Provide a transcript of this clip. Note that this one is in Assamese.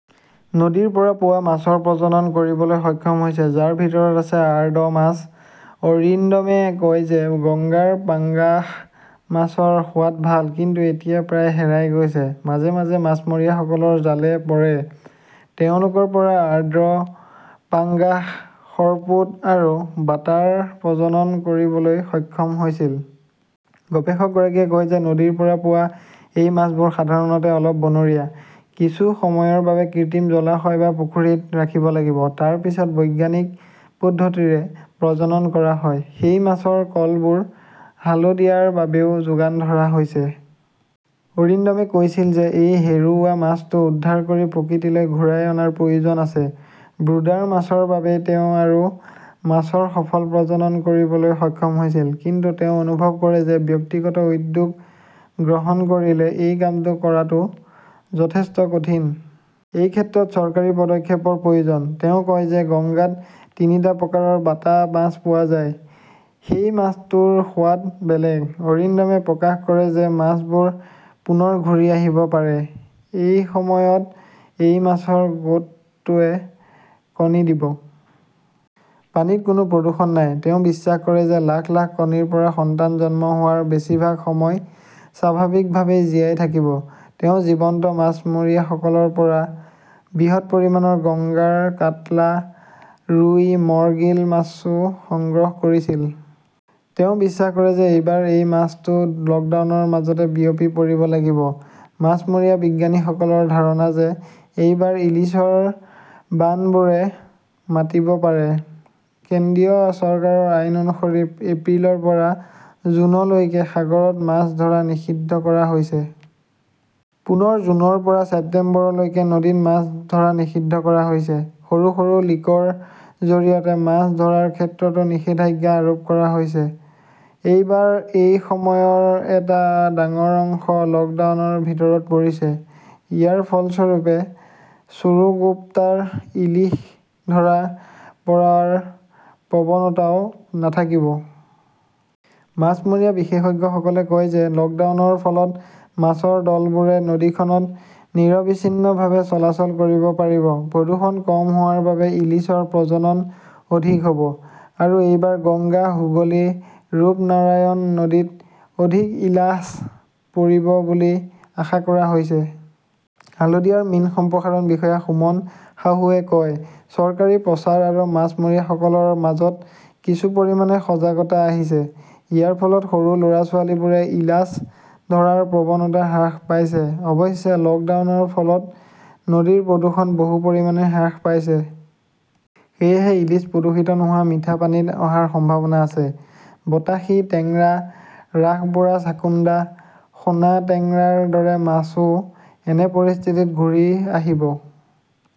নদীৰ পৰা পোৱা মাছৰ প্ৰজনন কৰিবলৈ সক্ষম হৈছে, যাৰ ভিতৰত আছে আৰ্ড মাছ। অৰিন্দমে কয় যে গংগাৰ পাঙ্গাস মাছৰ সোৱাদ ভাল। কিন্তু এতিয়া প্ৰায় হেৰাই গৈছে। মাজে মাজে মাছমৰীয়াসকলৰ জালে পৰে। তেওঁলোকৰ পৰা আৰ্ড, পাঙ্গাস, সৰ্পুট আৰু বাটাৰ প্ৰজনন কৰিবলৈ সক্ষম হৈছিল। গৱেষকগৰাকীয়ে কয় যে নদীৰ পৰা পোৱা এই মাছবোৰ সাধাৰণতে অলপ 'বনৰীয়া। কিছু সময়ৰ বাবে কৃত্ৰিম জলাশয় বা পুখুৰীত ৰাখিব লাগিব। তাৰ পিছত বৈজ্ঞানিক পদ্ধতিৰে প্ৰজনন কৰা হয়। সেই মাছৰ কলবোৰ হালদিয়াৰ বাবেও যোগান ধৰা হৈছে। অৰিন্দমে কৈছিল যে এই হেৰুওৱা মাছটো উদ্ধাৰ কৰি প্ৰকৃতিলৈ ঘূৰাই অনাৰ প্ৰয়োজন আছে। ব্ৰুডাৰ মাছৰ বাবেই তেওঁ আৰু মাছৰ সফল প্ৰজনন কৰিবলৈ সক্ষম হৈছিল। কিন্তু তেওঁ অনুভৱ কৰে যে ব্যক্তিগত উদ্যোগ গ্ৰহণ কৰিলে এই কামটো কৰাটো যথেষ্ট কঠিন। এই ক্ষেত্ৰত চৰকাৰী পদক্ষেপৰ প্ৰয়োজন। তেওঁ কয় যে গংগাত তিনিটা প্ৰকাৰৰ বাটা মাছ পোৱা যায়। সেই মাছটোৰ সোৱাদ বেলেগ। অৰিন্দমে প্ৰকাশ কৰে যে মাছবোৰ পুনৰ ঘূৰি আহিব পাৰে। এই সময়ত এই মাছৰ গোটটোৱে কণী দিব। পানীত কোনো প্ৰদূষণ নাই। তেওঁ বিশ্বাস কৰে যে লাখ লাখ কণীৰ পৰা সন্তান জন্ম হোৱাৰ বেছিভাগ সময় স্বাভাৱিকভাৱেই জীয়াই থাকিব। তেওঁ জীৱন্ত মাছমৰীয়াসকলৰ পৰা বৃহৎ পৰিমাণৰ গংগাৰ কাটলা, ৰুই, মৰ্গীল মাছও সংগ্ৰহ কৰিছিল। তেওঁ বিশ্বাস কৰে যে এইবাৰ এই মাছটো লকডাউনৰ মাজতে বিয়পি পৰিব লাগিব। মাছমৰীয়া বিজ্ঞানীসকলৰ ধাৰণা যে এইবাৰ ইলিছৰ 'বানবোৰে মাতিব পাৰে। কেন্দ্ৰীয় চৰকাৰৰ আইন অনুসৰি এপ্ৰিলৰ পৰা জুনলৈকে সাগৰত মাছ ধৰা নিষিদ্ধ কৰা হৈছে। পুনৰ জুনৰ পৰা ছেপ্টেম্বৰলৈকে নদীত মাছ ধৰা নিষিদ্ধ কৰা হৈছে। সৰু সৰু লিকৰ জৰিয়তে মাছ ধৰাৰ ক্ষেত্ৰতো নিষেধাজ্ঞা আৰোপ কৰা হৈছে। এইবাৰ এই সময়ৰ এটা ডাঙৰ অংশ লকডাউনৰ ভিতৰত পৰিছে। ইয়াৰ ফলস্বৰূপে চোৰাগোপ্টাৰ ইলিশ ধৰা পৰাৰ প্ৰৱণতাও নাথাকিব। মাছমৰীয়া বিশেষজ্ঞসকলে কয় যে লকডাউনৰ ফলত মাছৰ দলবোৰে নদীখনত নিৰবিচ্ছিন্নভাৱে চলাচল কৰিব পাৰিব। প্ৰদূষণ কম হোৱাৰ বাবে ইলিছৰ প্ৰজনন অধিক হব। আৰু এইবাৰ গংগা, হুগলী, ৰূপনাৰায়ণ নদীত অধিক ইলাছ পৰিব বুলি আশা কৰা হৈছে। হালদিয়াৰ মীন সম্প্ৰসাৰণ বিষয়া সুমন সাহুৱে কয়, চৰকাৰী প্ৰচাৰ আৰু মাছমৰীয়াসকলৰ মাজত কিছু পৰিমাণে সজাগতা আহিছে। ইয়াৰ ফলত সৰু লৰা-ছোৱালীবোৰে ইলাছ ধৰাৰ প্ৰৱণতা হ্ৰাস পাইছে। অৱশ্যে, লকডাউনৰ ফলত নদীৰ প্ৰদূষণ বহু পৰিমাণে হ্ৰাস পাইছে। সেয়েহে ইলিছ প্ৰদূষিত নোহোৱা মিঠা পানীত অহাৰ সম্ভাৱনা আছে। বতাসী, টেংৰা, ৰাসবোৰা চাকুণ্ডা, সোনা টেংৰাৰ দৰে মাছও এনে পৰিস্থিতিত ঘূৰি আহিব।